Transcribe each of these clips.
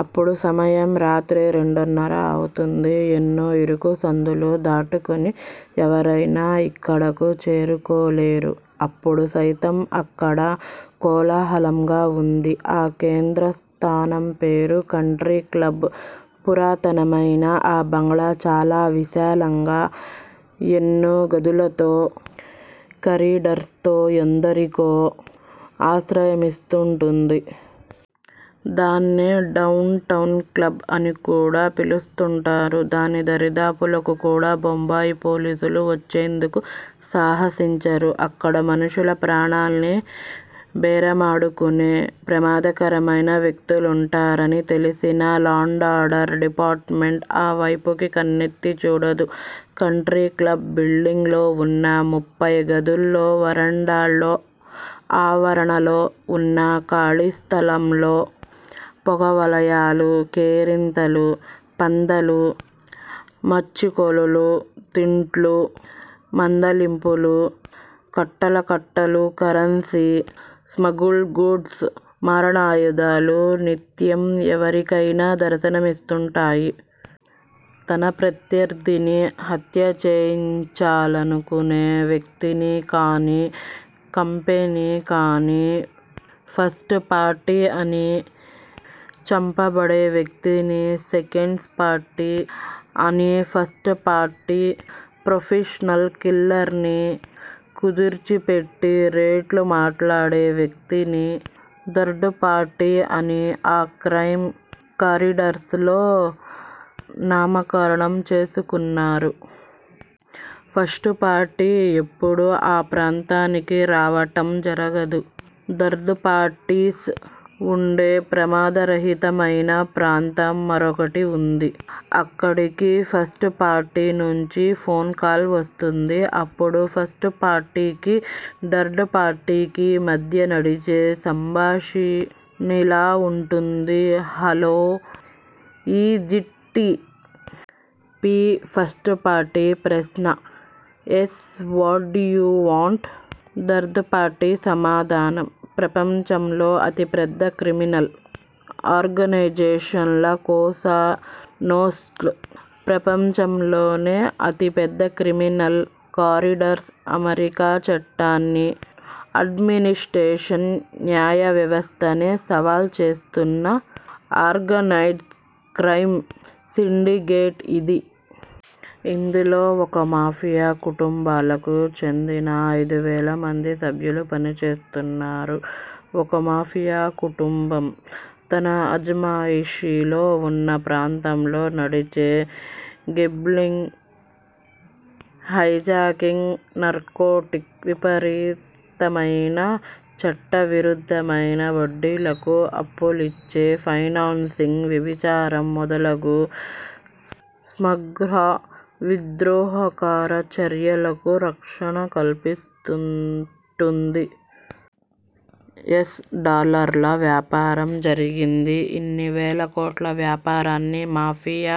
అప్పుడు సమయం రాత్రి రెండున్నర అవుతుంది. ఎన్నో ఇరుకు సందులు దాటుకొని ఎవరయినా ఇక్కడకు చేరుకోలేరు. అప్పుడు సయితం అక్కడ కోలాహలంగా ఉంది. ఆ కేంద్ర స్థానం పేరు కంట్రీ క్లబ్. పురాతనమయిన ఆ బంగ్లా చాలా విశాలంగా, ఎన్నో గదులతో, కారిడార్స్ తో ఎందరికో ఆశ్రయమిస్తూంటుంది. దాన్నే డౌన్ టౌన్ క్లబ్ అని కూడా పిలుస్తుంటారు. దాని దరిదాపులకు కూడా బొంబాయి పోలీసులు వచ్చేందుకు సాహసించరు. అక్కడ మనుషుల ప్రాణాల్ని బేరమాడుకొనే ప్రమాదకరమయిన వ్యక్తులుంటారని తెలిసినా లా అండ్ ఆర్డర్ డిపార్టుమెంట్ ఆ వేపుకి కన్నెత్తి చూడదు. కంట్రీక్లబ్ బిల్డింగ్ లో ఉన్న ముఫ్ఫాయ్ గదుల్లో, వరండాల్లో, ఆవరణలో ఉన్న ఖాళీ స్థలంలో పొగవలయాలు, కేరింతలు, పందెలు, మచ్చుకోలులు, తింట్లు, మందలింపులు, కట్టల కట్టలు కరెన్సీ, స్మగుల్డ్ గూడ్స్, మారణాయుధాలు నిత్యం ఎవరికయినా దర్శనమిస్తుంటాయి. తన ప్రత్యర్ధిని హత్య చేయించాలను కొనే వ్యక్తినికాని, కంపెనీని కాని ఫస్ట్ పార్టీ అని, చంపబడే వ్యక్తిని సెకండ్ పార్టీ అని, ఫస్ట్ పార్టీ ప్రొఫెషనల్ కిల్లర్ ని కుదిర్చిపెట్టి రేట్లు మాట్లాడే వ్యక్తిని థర్డుపార్టీ అని ఆ క్రైమ్ కారిడార్స్ లో నామకరణం చేసుకున్నారు. ఫస్టు పార్టీ ఎప్పుడూ ఆ ప్రాంతానికి రావటం జరగదు. థర్డు పార్టీస్ ఉండే ప్రమాదరహితమయిన ప్రాంతం మరొకటి ఉంది. అక్కడికి ఫస్టు పార్టీ నుంచి ఫోన్ కాల్ వస్తుంది. అప్పుడు ఫస్టు పార్టీకి, థర్డు పార్టీకి మధ్య నడిచే సంభాషిణిలా ఉంటుంది. Hello is it T. P-? First party ప్రశ్న. Yes what do you want? Third party సమాధానం. ప్రపంచంలో అతి పెద్ద క్రిమినల్ ఆర్గనైజేషన్ లా-కోసా-నోస్ట్రా ప్రపంచంలోనే అతి పెద్ద క్రిమినల్ కారిడార్. అమెరికా చట్టాల్ని అడ్మినిస్ట్రేషన్, న్యాయ వ్యవస్థనే సవాల్ చేస్తున్న ఆర్గనైజ్డ్ క్రైమ్ సిండికేట్ ఇది. ఇందులో ఒక మాఫియా కుటుంబాలకు చెందిన ఐదు వేల మంది సభ్యులు పనిచేస్తున్నారు. ఒక మాఫియా కుటుంబం తన అజమాయిషీలో ఉన్న ప్రాంతంలో నడిచే గేంబ్లింగ్, హైజాకింగ్, నార్కోటిక్స్ విపరీతమయిన- చట్ట విరుద్దమైన వడ్డీలకు అప్పులిచ్చే ఫైనాన్సింగ్, వ్యభిచారం మొదలగు స్మాఘ విద్రోహకరచర్యలకు రక్షణ కల్పిస్తుంటుంది. ఎస్. డాలర్ల. వ్యాపారం జరిగింది. ఇన్నివేల కోట్ల వ్యాపారాన్ని మాఫియా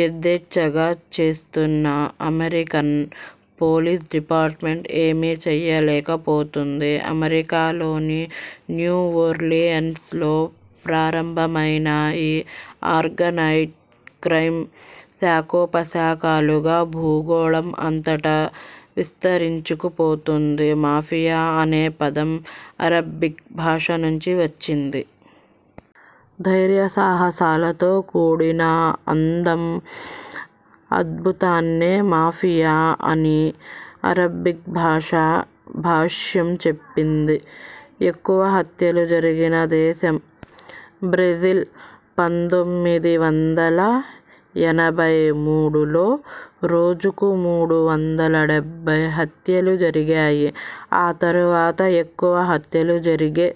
యధేచ్చగా చేస్తున్నా అమెరికన్ పోలీస్ డిపార్ట్ మెంట్ ఏమీ చేయలేక పోతోంది. అమెరికాలోని న్యూ ఓర్లియన్స్ లో ప్రా రంభమైన ఈ ఆర్గనైజ్డ్ క్రైమ్ శాఖోపశాఖలుగా భూగోళం అంతటా విస్తరించుకు పోతోంది. మాఫియా అనే పదం అరబిక్ భాష నుంచి వచ్చింది. ధైర్య సాహసాలతో కూడిన అందం, అద్భుతాన్నే మాఫియా అని అరబిక్ భాష భాష్యం చెప్పింది. ఎక్కువ హత్యలు జరిగిన దేశం బ్రెజిల్ పంతోమిది వందల ఎనబైమూడు లో రోజుకు మూడు వందలాడెబ్భై హత్యలు జరిగాయి. ఆ తరువాత ఎక్కువ హత్యలు జరిగే